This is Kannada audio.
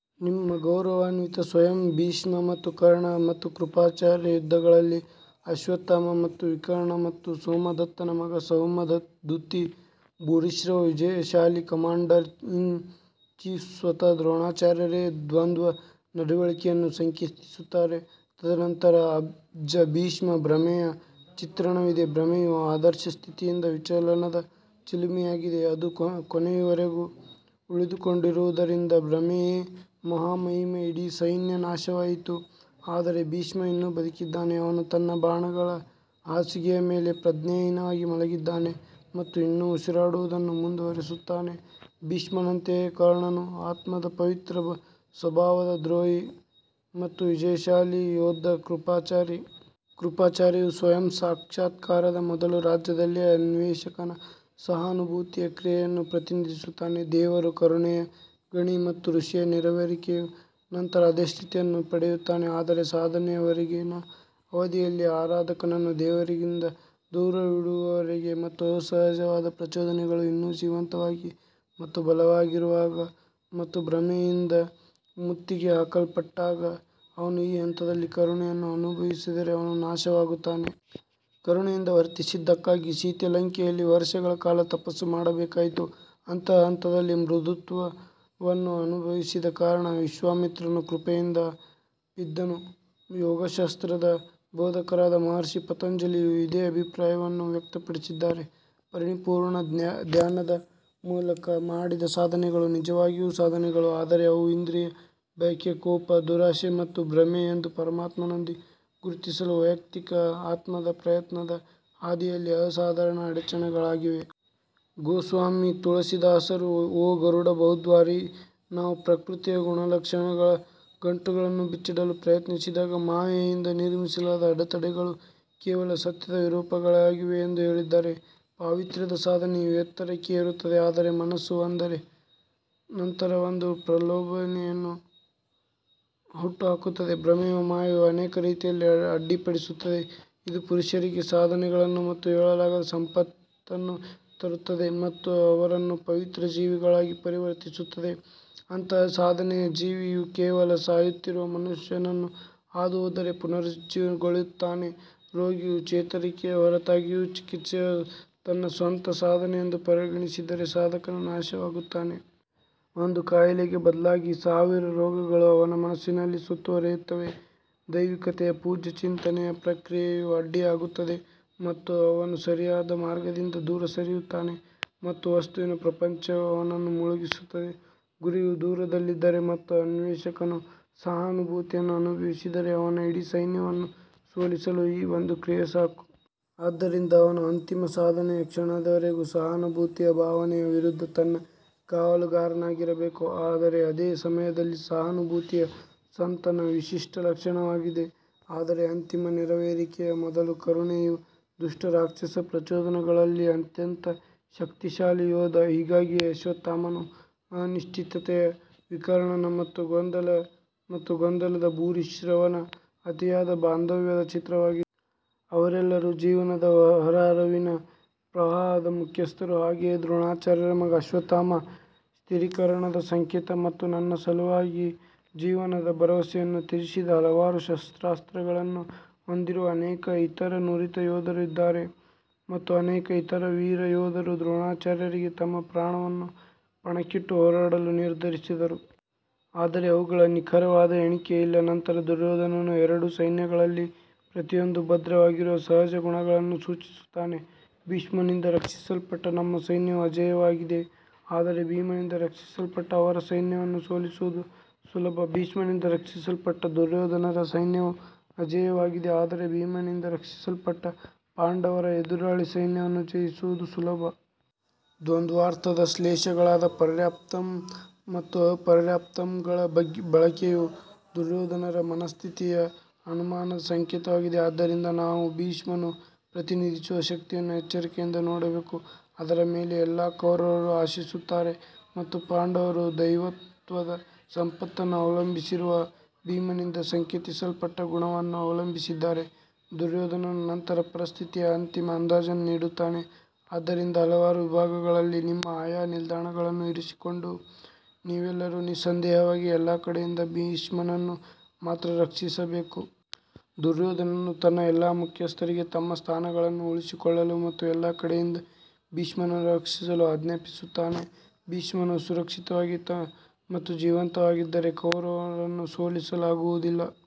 ನಿಮ್ಮ ಗೌರವಾನ್ವಿತ ಸ್ವಯಂ ಭೀಷ್ಮ ಮತ್ತು ಕರ್ಣ ಮತ್ತು ಕೃಪಾಚಾರ್ಯ ಯುದ್ಧಗಳಲ್ಲಿ ಅಶ್ವತ್ಥಾಮ ಮತ್ತು ವಿಕರ್ಣ ಮತ್ತು ಸೋಮದತ್ತನ ಮಗ ಸೌಮದುತ್ತಿ ಭೂರಿಶ್ರವ ವಿಜಯಶಾಲಿ ಕಮಾಂಡರ್ ಇನ್ ಚೀಫ್ ಸ್ವತಃ ದ್ರೋಣಾಚಾರ್ಯರೇ ದ್ವಂದ್ವ ನಡವಳಿಕೆಯನ್ನು ಸಂಕೇತಿಸುತ್ತಾರೆ ತದನಂತರ ಅಜ್ಜ ಭೀಷ್ಮ್ ಭ್ರಮೆಯ ಚಿತ್ರಣವಿದೆ ಭ್ರಮೆಯು ಆದರ್ಶ ಸ್ಥಿತಿಯಿಂದ ವಿಚಲನದ ಚಿಲುಮೆಯಾಗಿದೆ ಅದು ಕೊನೆಯವರೆಗೂ ಉಳಿದುಕೊಂಡಿರುವುದರಿಂದ ಭ್ರಮೆಯೇ ಮಹಾಮಹಿಮ ಇಡೀ ಸೈನ್ಯ ನಾಶವಾಯಿತು ಆದರೆ ಭೀಷ್ಮ ಇನ್ನೂ ಬದುಕಿದ್ದಾನೆ ಅವನು ತನ್ನ ಬಾಣಗಳ ಹಾಸಿಗೆಯ ಮೇಲೆ ಪ್ರಜ್ಞಾಹೀನನಾಗಿ ಮಲಗಿದ್ದಾನೆ ಮತ್ತು ಇನ್ನೂ ಉಸಿರಾಡುವುದನ್ನು ಮುಂದುವರಿಸುತ್ತಾನೆ ಭೀಷ್ಮನಂತೆಯೇ ಕರ್ಣನು ಆತ್ಮದ ಪವಿತ್ರ ಸ್ವಭಾವದ ದ್ರೋಹಿ ಮತ್ತು ವಿಜಯಶಾಲಿ ಯೋಧ ಕೃಪಾಚಾರಿ. ಕೃಪಾಚಾರಿಯು ಸ್ವಯಂ ಸಾಕ್ಷಾತ್ಕಾರದ ಮೊದಲು ರಾಜ್ಯದಲ್ಲಿ ಅನ್ವೇಷಕನ ಸಹಾನುಭೂತಿಯ ಕ್ರಿಯೆಯನ್ನು ಪ್ರತಿನಿಧಿಸುತ್ತಾನೆ ದೇವರು ಕರುಣೆಯ ಗಣಿ ಮತ್ತು ಋಷಿಯು ನೆರವೇರಿಕೆಯ ನಂತರ ಅದೇ ಸ್ಥಿತಿಯನ್ನು ಪಡೆಯುತ್ತಾನೆ ಆದರೆ ಸಾಧನೆಯವರೆಗಿನ ಅವಧಿಯಲ್ಲಿ, ಆರಾಧಕನನ್ನು ದೇವರಿಂದ ದೂರವಿಡುವವರೆಗೆ ಮತ್ತು ಅಸಹಜವಾದ ಪ್ರಚೋದನೆಗಳು ಇನ್ನೂ ಜೀವಂತವಾಗಿ ಮತ್ತು ಬಲವಾಗಿರುವಾಗ ಮತ್ತು ಭ್ರಮೆಯಿಂದ ಮುತ್ತಿಗೆ ಹಾಕಲ್ಪಟ್ಟಾಗ ಅವನು ಈ ಹಂತದಲ್ಲಿ ಕರುಣೆಯನ್ನು ಅನುಭವಿಸಿದರೆ ಅವನು ನಾಶವಾಗುತ್ತಾನೆ. ಕರುಣೆಯಿಂದ ವರ್ತಿಸಿದ್ದಕ್ಕಾಗಿ ಸೀತೆ ಲಂಕೆಯಲ್ಲಿ ವರ್ಷಗಳ ಕಾಲ ತಪಸ್ಸು ಮಾಡಬೇಕಾಯಿತು ಅಂತಹ ಹಂತದಲ್ಲಿ ಮೃದುತ್ವವನ್ನು ಅನುಭವಿಸಿದ ಕಾರಣ ವಿಶ್ವಾಮಿತ್ರನು ಕೃಪೆಯಿಂದ ಬಿದ್ದನು ಯೋಗಶಾಸ್ತ್ರದ ಬೋಧಕರಾದ ಮಹರ್ಷಿ ಪತಂಜಲಿಯು ಇದೇ ಅಭಿಪ್ರಾಯವನ್ನು ವ್ಯಕ್ತಪಡಿಸಿದ್ದಾರೆ ಪರಿಪೂರ್ಣ ಧ್ಯಾನದ ಮೂಲಕ ಮಾಡಿದ ಸಾಧನೆಗಳು ನಿಜವಾಗಿಯೂ ಸಾಧನೆಗಳು ಆದರೆ ಅವು ಇಂದ್ರಿಯ ಬಯಕೆ ಕೋಪ ದುರಾಶೆ ಮತ್ತು ಭ್ರಮೆ ಎಂದು ಪರಮಾತ್ಮನೊಂದಿಗೆ ಗುರುತಿಸಲು ವೈಯಕ್ತಿಕ ಆತ್ಮದ ಪ್ರಯತ್ನದ ಹಾದಿಯಲ್ಲಿ ಅಸಾಧಾರಣ ಅಡಚಣೆಗಳಾಗಿವೆ. ಗೋಸ್ವಾಮಿ ತುಳಸಿದಾಸರು, ಓ ಗರುಡ ಬಹುದ್ವಾರಿ, ನಾವು ಪ್ರಕೃತಿಯ ಗುಣಲಕ್ಷಣಗಳ ಗಂಟುಗಳನ್ನು ಬಿಚ್ಚಿಡಲು ಪ್ರಯತ್ನಿಸಿದಾಗ ಮಾಯೆಯಿಂದ ನಿರ್ಮಿಸಲಾದ ಅಡೆತಡೆಗಳು ಕೇವಲ ಸತ್ಯದ ವಿರೂಪಗಳಾಗಿವೆ ಎಂದು ಹೇಳಿದ್ದಾರೆ. ಪಾವಿತ್ರ್ಯದ ಸಾಧನೆಯು ಎತ್ತರಕ್ಕೆ ಏರುತ್ತದೆ ಆದರೆ ಮನಸ್ಸು ಒಂದರ ನಂತರ ಒಂದು ಪ್ರಲೋಭನೆಯನ್ನು ಹುಟ್ಟುಹಾಕುತ್ತದೆ ಭ್ರಮೆಯ ಮಾಯೆಯು ಅನೇಕ ರೀತಿಯಲ್ಲಿ ಅಡ್ಡಿಪಡಿಸುತ್ತದೆ ಇದು ಪುರುಷರಿಗೆ ಸಾಧನೆಗಳನ್ನು ಮತ್ತು ಹೇಳಲಾಗದ ಸಂಪತ್ತನ್ನು ತರುತ್ತದೆ ಮತ್ತು ಅವರನ್ನು ಪವಿತ್ರ ಜೀವಿಗಳಾಗಿ ಪರಿವರ್ತಿಸುತ್ತದೆ ಅಂತಹ ಸಾಧನೆಯ ಜೀವಿಯು ಕೇವಲ ಸಾಯುತ್ತಿರುವ ಮನುಷ್ಯನನ್ನು ಹಾದುಹೋದರೆ ಪುನರುಜ್ಜೀವನಗೊಳ್ಳುತ್ತಾನೆ ರೋಗಿಯ ಚೇತರಿಕೆಯ ಹೊರತಾಗಿಯೂ, ಚಿಕಿತ್ಸೆಯು ತನ್ನ ಸ್ವಂತ ಸಾಧನೆ ಎಂದು ಪರಿಗಣಿಸಿದರೆ ಸಾಧಕನು ನಾಶವಾಗುತ್ತಾನೆ. ಒಂದು ಕಾಯಿಲೆಗೆ ಬದಲಾಗಿ ಸಾವಿರ ರೋಗಗಳು ಅವನ ಮನಸ್ಸಿನಲ್ಲಿ ಸುತ್ತುವರಿಯುತ್ತವೆ, ದೈವಿಕತೆಯ ಪೂಜ್ಯ ಚಿಂತನೆಯ ಪ್ರಕ್ರಿಯೆಯು ಅಡ್ಡಿಯಾಗುತ್ತದೆ ಮತ್ತು ಅವನು ಸರಿಯಾದ ಮಾರ್ಗದಿಂದ ದೂರ ಸರಿಯುತ್ತಾನೆ ಮತ್ತು ವಸ್ತುವಿನ ಪ್ರಪಂಚವು ಅವನನ್ನು ಮುಳುಗಿಸುತ್ತದೆ. ಗುರಿಯು ದೂರದಲ್ಲಿದ್ದರೆ ಮತ್ತು ಅನ್ವೇಷಕನು ಸಹಾನುಭೂತಿಯನ್ನು ಅನುಭವಿಸಿದರೆ, ಅವನ ಇಡೀ ಸೈನ್ಯವನ್ನು ಸೋಲಿಸಲು ಈ ಒಂದು ಕ್ರಿಯೆ ಸಾಕು. ಆದ್ದರಿಂದ ಅವನು ಅಂತಿಮ ಸಾಧನೆಯ ಕ್ಷಣದವರೆಗೂ ಸಹಾನುಭೂತಿಯ ಭಾವನೆಯ ವಿರುದ್ಧ ತನ್ನ ಕಾವಲುಗಾರನಾಗಿರಬೇಕು ಆದರೆ ಅದೇ ಸಮಯದಲ್ಲಿ ಸಹಾನುಭೂತಿಯು ಸಂತನ ವಿಶಿಷ್ಟ ಲಕ್ಷಣವಾಗಿದೆ. ಆದರೆ ಅಂತಿಮ ನೆರವೇರಿಕೆಯ ಮೊದಲು ಕರುಣೆಯು ದುಷ್ಟ ರಾಕ್ಷಸ ಪ್ರಚೋದನೆಗಳಲ್ಲಿ ಅತ್ಯಂತ ಶಕ್ತಿಶಾಲಿ ಯೋಧ ಹೀಗಾಗಿಯೇ ಅಶ್ವತ್ಥಾಮನು ಅನಿಶ್ಚಿತತೆಯ ವಿಕರ್ಣನ ಮತ್ತು ಗೊಂದಲ ಮತ್ತು ಗೊಂದಲದ ಭೂರಿಶ್ರವನ ಅತಿಯಾದ ಬಾಂಧವ್ಯದ ಚಿತ್ರವಾಗಿದೆ. ಅವರೆಲ್ಲರೂ ಜೀವನದ ಹೊರಹರಿವಿನ ಪ್ರವಾಹದ ಮುಖ್ಯಸ್ಥರು ಹಾಗೆಯೇ ದ್ರೋಣಾಚಾರ್ಯರ ಮಗ ಅಶ್ವತ್ಥಾಮ ಸ್ಥಿರೀಕರಣದ ಸಂಕೇತ ಮತ್ತು ನನ್ನ ಸಲುವಾಗಿ ಜೀವನದ ಭರವಸೆಯನ್ನು ತ್ಯಜಿಸಿದ ಹಲವಾರು ಶಸ್ತ್ರಾಸ್ತ್ರಗಳನ್ನು ಹೊಂದಿರುವ ಅನೇಕ ಇತರ ನುರಿತ ಯೋಧರು ಇದ್ದಾರೆ. ಮತ್ತು ಅನೇಕ ಇತರ ವೀರ ಯೋಧರು ದ್ರೋಣಾಚಾರ್ಯರಿಗೆ ತಮ್ಮ ಪ್ರಾಣವನ್ನು ಪಣಕ್ಕಿಟ್ಟು ಹೋರಾಡಲು ನಿರ್ಧರಿಸಿದರು. ಆದರೆ ಅವುಗಳ ನಿಖರವಾದ ಎಣಿಕೆ ಇಲ್ಲ ನಂತರ ದುರ್ಯೋಧನನು ಎರಡು ಸೈನ್ಯಗಳಲ್ಲಿ ಪ್ರತಿಯೊಂದೂ ಭದ್ರವಾಗಿರುವ ಸಹಜ ಗುಣಗಳನ್ನು ಸೂಚಿಸುತ್ತಾನೆ ಭೀಷ್ಮನಿಂದ ರಕ್ಷಿಸಲ್ಪಟ್ಟ ನಮ್ಮ ಸೈನ್ಯವು ಅಜೇಯವಾಗಿದೆ ಆದರೆ ಭೀಮನಿಂದ ರಕ್ಷಿಸಲ್ಪಟ್ಟ ಅವರ ಸೈನ್ಯವನ್ನು ಸೋಲಿಸುವುದು ಸುಲಭ ಭೀಷ್ಮನಿಂದ ರಕ್ಷಿಸಲ್ಪಟ್ಟ ದುರ್ಯೋಧನರ ಸೈನ್ಯವು ಅಜೇಯವಾಗಿದೆ ಆದರೆ ಭೀಮನಿಂದ ರಕ್ಷಿಸಲ್ಪಟ್ಟ ಪಾಂಡವರ ಎದುರಾಳಿ ಸೈನ್ಯವನ್ನು ಜಯಿಸುವುದು ಸುಲಭ. ದ್ವಂದ್ವಾರ್ಥದ ಶ್ಲೇಷೆಗಳಾದ ಪರ್ಯಾಪ್ತಂ ಮತ್ತು ಅಪರ್ಯಾಪ್ತಂಗಳ ಬಳಕೆಯು ದುರ್ಯೋಧನರ ಮನಃಸ್ಥಿತಿಯ ಅನುಮಾನದ ಸಂಕೇತವಾಗಿದೆ. ಆದ್ದರಿಂದ ನಾವು ಭೀಷ್ಮನು ಪ್ರತಿನಿಧಿಸುವ ಶಕ್ತಿಯನ್ನು ಎಚ್ಚರಿಕೆಯಿಂದ ನೋಡಬೇಕು, ಅದರ ಮೇಲೆ ಎಲ್ಲಾ ಕೌರವರು ಆಶಿಸುತ್ತಾರೆ ಮತ್ತು ಪಾಂಡವರು ದೈವತ್ವದ ಸಂಪತ್ತನ್ನು ಅವಲಂಬಿಸಿರುವ ಭೀಮನಿಂದ ಸಂಕೇತಿಸಲ್ಪಟ್ಟ ಗುಣವನ್ನು ಅವಲಂಬಿಸಿದ್ದಾರೆ. ದುರ್ಯೋಧನನು ನಂತರ ಪರಿಸ್ಥಿತಿಯ ಅಂತಿಮ ಅಂದಾಜನ್ನು ನೀಡುತ್ತಾನೆ ಆದ್ದರಿಂದ ಹಲವಾರು ವಿಭಾಗಗಳಲ್ಲಿ ನಿಮ್ಮ ಆಯಾ ನಿಲ್ದಾಣಗಳನ್ನು ಇರಿಸಿಕೊಂಡು ನೀವೆಲ್ಲರೂ ನಿಸ್ಸಂದೇಹವಾಗಿ ಎಲ್ಲಾ ಕಡೆಯಿಂದ ಭೀಷ್ಮನನ್ನು ಮಾತ್ರ ರಕ್ಷಿಸಬೇಕು. ದುರ್ಯೋಧನನು ತನ್ನ ಎಲ್ಲಾ ಮುಖ್ಯಸ್ಥರಿಗೆ ತಮ್ಮ ಸ್ಥಾನಗಳನ್ನು ಉಳಿಸಿಕೊಳ್ಳಲು ಮತ್ತು ಎಲ್ಲಾ ಕಡೆಯಿಂದ ಭೀಷ್ಮನನ್ನು ರಕ್ಷಿಸಲು ಆಜ್ಞಾಪಿಸುತ್ತಾನೆ ಭೀಷ್ಮನು ಸುರಕ್ಷಿತವಾಗಿ ಮತ್ತು ಜೀವಂತವಾಗಿದ್ದರೆ ಕೌರವರನ್ನು ಸೋಲಿಸಲಾಗುವುದಿಲ್ಲ.